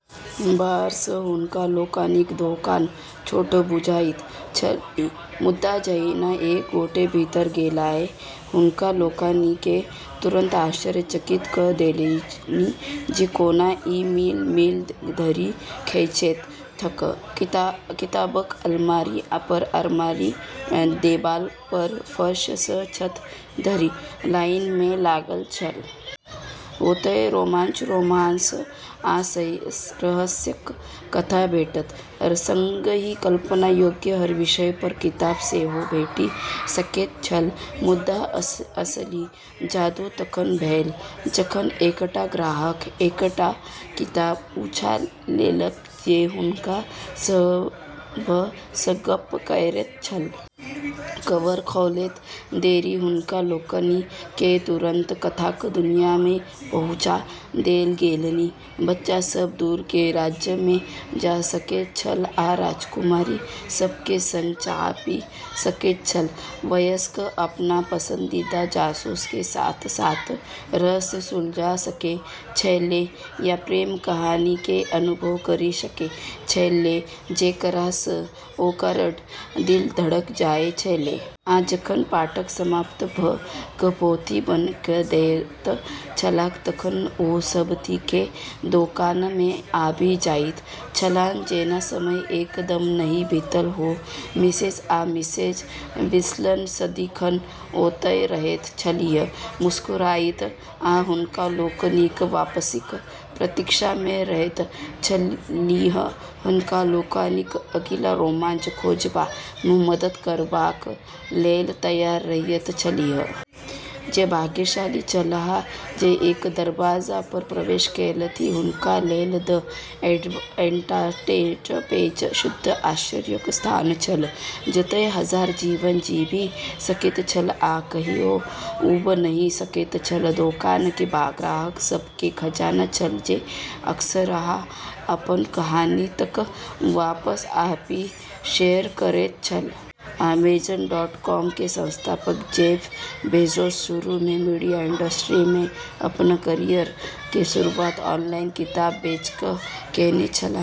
बाहर सँ हुनका लोकनिक दोकान छोट बुझाइत छलनि, मुदा जहिना एक गोटे भीतर गेलाह, हुनका लोकनि केँ तुरन्त आश्चर्यचकित क' देलनि जे कोना ई मील-मील धरि खिंचैत छल. किताबक अलमारी पर अलमारी देबाल पर, फर्श सं छत धरि, लाइन मे लागल छल. ओतय रोमांच, रोमांस, आ रहस्यक कथा भेटत, संगहि कल्पना योग्य हर विषय पर किताब सेहो भेटि सकैत छल. मुदा असली जादू तखन भेल जखन एकटा ग्राहक एकटा किताब उठा लेलक जे हुनका सभ सं गप्प करैत छल. कवर खोलैत देरी हुनका लोकनि केँ तुरन्त कथाक दुनिया मे पहुँचा देल गेलनि। बच्चा सब दूर के राज्य में जा सकैत छल आ राजकुमारी सब के संग चाह पी सकैत छल। वयस्क अपनऽ पसंदीदा जासूस के साथ-साथ रहस्य सुलझा सकै छेलै या प्रेम कहानी के अनुभव करी सकै छेलै जेकरा स॑ ओकरऽ दिल धड़क जाय छेलै। आ जखन पाठक समाप्त भ' क' पोथी बन्न क' दैत छलाह तखन ओ सभ ठीके दोकान मे आबि जाइत छलाह जेना समय एकदम नहि बीतल हो. मिसेज आ मिसेज विल्सन सदिखन ओतय रहैत छलीह, मुस्कुराइत आ हुनका लोकनिक वापसीक प्रतीक्षा मे रहैत छलीह, हुनका लोकनिक अगिला रोमांच खोजबा मे मदद करबाक लेल तैयार रहैत छलीह. जे भाग्यशाली छलाह जे एकर दरबज्जा पर प्रवेश केलथि हुनका लेल "द एन्चान्टेड पेज" शुद्ध आश्चर्यक स्थान छल, जतय हजार जीवन जीबि सकैत छल आ कहियो ऊब नहि सकैत छल दोकान के ग्राहक सब के खजाना छल, जे अक्सरहां अपन कहानी ल क वापस आबि क शेयर करैत छल. अमेजन डॉट कॉम के संस्थापक जेफ बेजोस शुरू में मीडिया इंडस्ट्री में अपन कैरियर के शुरुआत ऑनलाइन किताब बेच क केने छलाह.